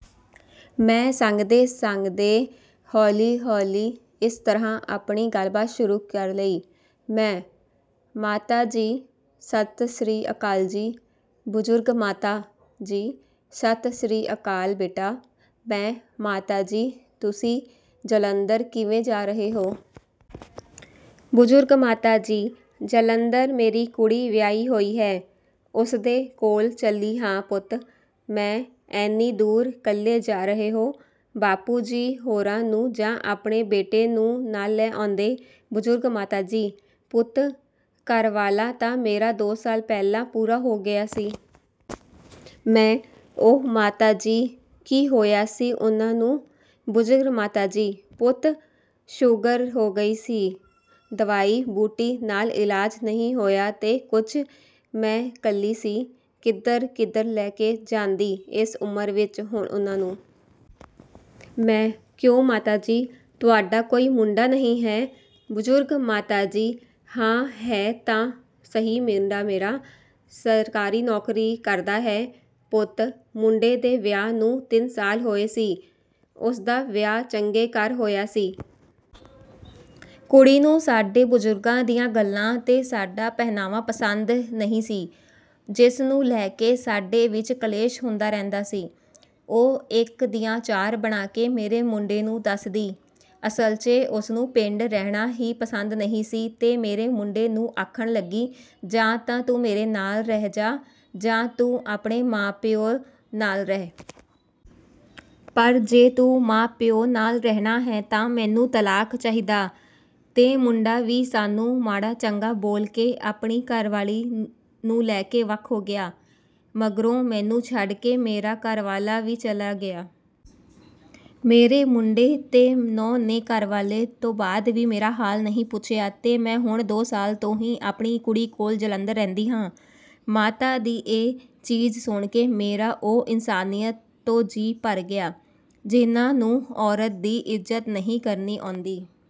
ਮੈਂ ਸੰਗਦੇ-ਸੰਗਦੇ ਹੌਲੀ-ਹੌਲੀ ਇਸ ਤਰ੍ਹਾਂ ਆਪਣੀ ਗੱਲਬਾਤ ਸ਼ੁਰੂ ਕਰ ਲਈ। ਮੈਂ: ਮਾਤਾ ਜੀ, ਸਤਿ ਸ੍ਰੀ ਅਕਾਲ ਜੀ। ਬਜ਼ੁਰਗ ਮਾਤਾ ਜੀ: ਸਤਿ ਸ੍ਰੀ ਅਕਾਲ ਬੇਟਾ। ਮੈਂ: ਮਾਤਾ ਜੀ, ਤੁਸੀਂ ਜਲੰਧਰ ਕਿਵੇਂ ਜਾ ਰਹੇ ਹੋ? ਬਜ਼ੁਰਗ ਮਾਤਾ ਜੀ: ਜਲੰਧਰ ਮੇਰੀ ਕੁੜੀ ਵਿਆਹੀ ਹੋਈ ਹੈ। ਉਸਦੇ ਕੋਲ ਚੱਲੀ ਹਾਂ ਪੁੱਤ। ਮੈਂ: ਐਨੀ ਦੂਰ ਕੱਲੇ ਜਾ ਰਹੇ ਹੋ? ਬਾਪੂ ਜੀ ਹੋਰਾਂ ਨੂੰ ਜਾਂ ਆਪਣੇ ਬੇਟੇ ਨੂੰ ਨਾਲ ਲੈ ਆਉਂਦੇ। ਬਜ਼ੁਰਗ ਮਾਤਾ ਜੀ: ਪੁੱਤ, ਘਰਵਾਲਾ ਤਾਂ ਮੇਰਾ ਦੋ ਸਾਲ ਪਹਿਲਾਂ ਪੂਰਾ ਹੋ ਗਿਆ ਸੀ। ਮੈਂ: ਓਹੋ ਮਾਤਾ ਜੀ, ਕੀ ਹੋਇਆ ਸੀ ਉਹਨਾਂ ਨੂੰ? ਬਜ਼ੁਰਗ ਮਾਤਾ ਜੀ: ਪੁੱਤ, ਸ਼ੂਗਰ ਹੋ ਗਈ ਸੀ। ਦਵਾਈ-ਬੂਟੀ ਨਾਲ ਇਲਾਜ ਨਹੀਂ ਹੋਇਆ ਤੇ ਕੁਝ... ਮੈਂ ਇਕੱਲੀ ਸੀ, ਕਿੱਧਰ-ਕਿੱਧਰ ਲੈ ਕੇ ਜਾਂਦੀ ਇਸ ਉਮਰ ਵਿੱਚ ਹੁਣ ਉਹਨਾਂ ਨੂੰ। ਮੈਂ: ਕਿਉਂ ਮਾਤਾ ਜੀ, ਤੁਹਾਡਾ ਕੋਈ ਮੁੰਡਾ ਨਹੀਂ ਹੈ? ਬਜ਼ੁਰਗ ਮਾਤਾ ਜੀ: ਹਾਂ, ਹੈ ਤਾਂ ਸਹੀ ਮੁੰਡਾ ਮੇਰਾ। ਸਰਕਾਰੀ ਨੌਕਰੀ ਕਰਦਾ ਹੈ। ਪੁੱਤ, ਮੁੰਡੇ ਦੇ ਵਿਆਹ ਨੂੰ ਤਿੰਨ ਸਾਲ ਹੋਏ ਸੀ। ਉਸਦਾ ਵਿਆਹ ਚੰਗੇ ਘਰ ਹੋਇਆ ਸੀ। ਕੁੜੀ ਨੂੰ ਸਾਡੇ ਬਜ਼ੁਰਗਾਂ ਦੀਆਂ ਗੱਲਾਂ ਤੇ ਸਾਡਾ ਪਹਿਨਾਵਾ ਪਸੰਦ ਨਹੀਂ ਸੀ, ਜਿਸ ਨੂੰ ਲੈ ਕੇ ਸਾਡੇ ਵਿੱਚ ਕਲੇਸ਼ ਹੁੰਦਾ ਰਹਿੰਦਾ ਸੀ। ਉਹ ਇੱਕ ਦੀਆਂ ਚਾਰ ਬਣਾ ਕੇ ਮੇਰੇ ਮੁੰਡੇ ਨੂੰ ਦੱਸਦੀ। ਅਸਲ 'ਚ ਉਸਨੂੰ ਪਿੰਡ ਰਹਿਣਾ ਹੀ ਪਸੰਦ ਨਹੀਂ ਸੀ ਤੇ ਮੇਰੇ ਮੁੰਡੇ ਨੂੰ ਆਖਣ ਲੱਗੀ, "ਜਾਂ ਤਾਂ ਤੂੰ ਮੇਰੇ ਨਾਲ ਰਹਿ ਜਾ, ਜਾਂ ਤੂੰ ਆਪਣੇ ਮਾਂ-ਪਿਉ ਨਾਲ ਰਹਿ। ਪਰ ਜੇ ਤੂੰ ਮਾਂ-ਪਿਉ ਨਾਲ ਰਹਿਣਾ ਹੈ ਤਾਂ ਮੈਨੂੰ ਤਲਾਕ ਚਾਹੀਦਾ।" ਤੇ ਮੁੰਡਾ ਵੀ ਸਾਨੂੰ ਮਾੜਾ-ਚੰਗਾ ਬੋਲ ਕੇ ਆਪਣੀ ਘਰਵਾਲੀ ਨੂੰ ਲੈ ਕੇ ਵੱਖ ਹੋ ਗਿਆ। ਮਗਰੋਂ ਮੈਨੂੰ ਛੱਡ ਕੇ ਮੇਰਾ ਘਰਵਾਲਾ ਵੀ ਚੱਲਾ ਗਿਆ। ਮੇਰੇ ਮੁੰਡੇ ਤੇ ਨੂੰਹ ਨੇ ਘਰਵਾਲੇ ਤੋਂ ਬਾਅਦ ਵੀ ਮੇਰਾ ਹਾਲ ਨਹੀਂ ਪੁੱਛਿਆ ਤੇ ਮੈਂ ਹੁਣ ਦੋ ਸਾਲ ਤੋਂ ਹੀ ਆਪਣੀ ਕੁੜੀ ਕੋਲ ਜਲੰਧਰ ਰਹਿੰਦੀ ਹਾਂ। ਮਾਤਾ ਦੀ ਇਹ ਚੀਸ ਸੁਣ ਕੇ ਮੇਰਾ ਉਹ ਇਨਸਾਨੀਅਤ ਤੋਂ ਜੀਅ ਭਰ ਗਿਆ, ਜਿਹਨਾਂ ਨੂੰ ਔਰਤ ਦੀ ਇੱਜ਼ਤ ਨਹੀਂ ਕਰਨੀ ਆਉਂਦੀ।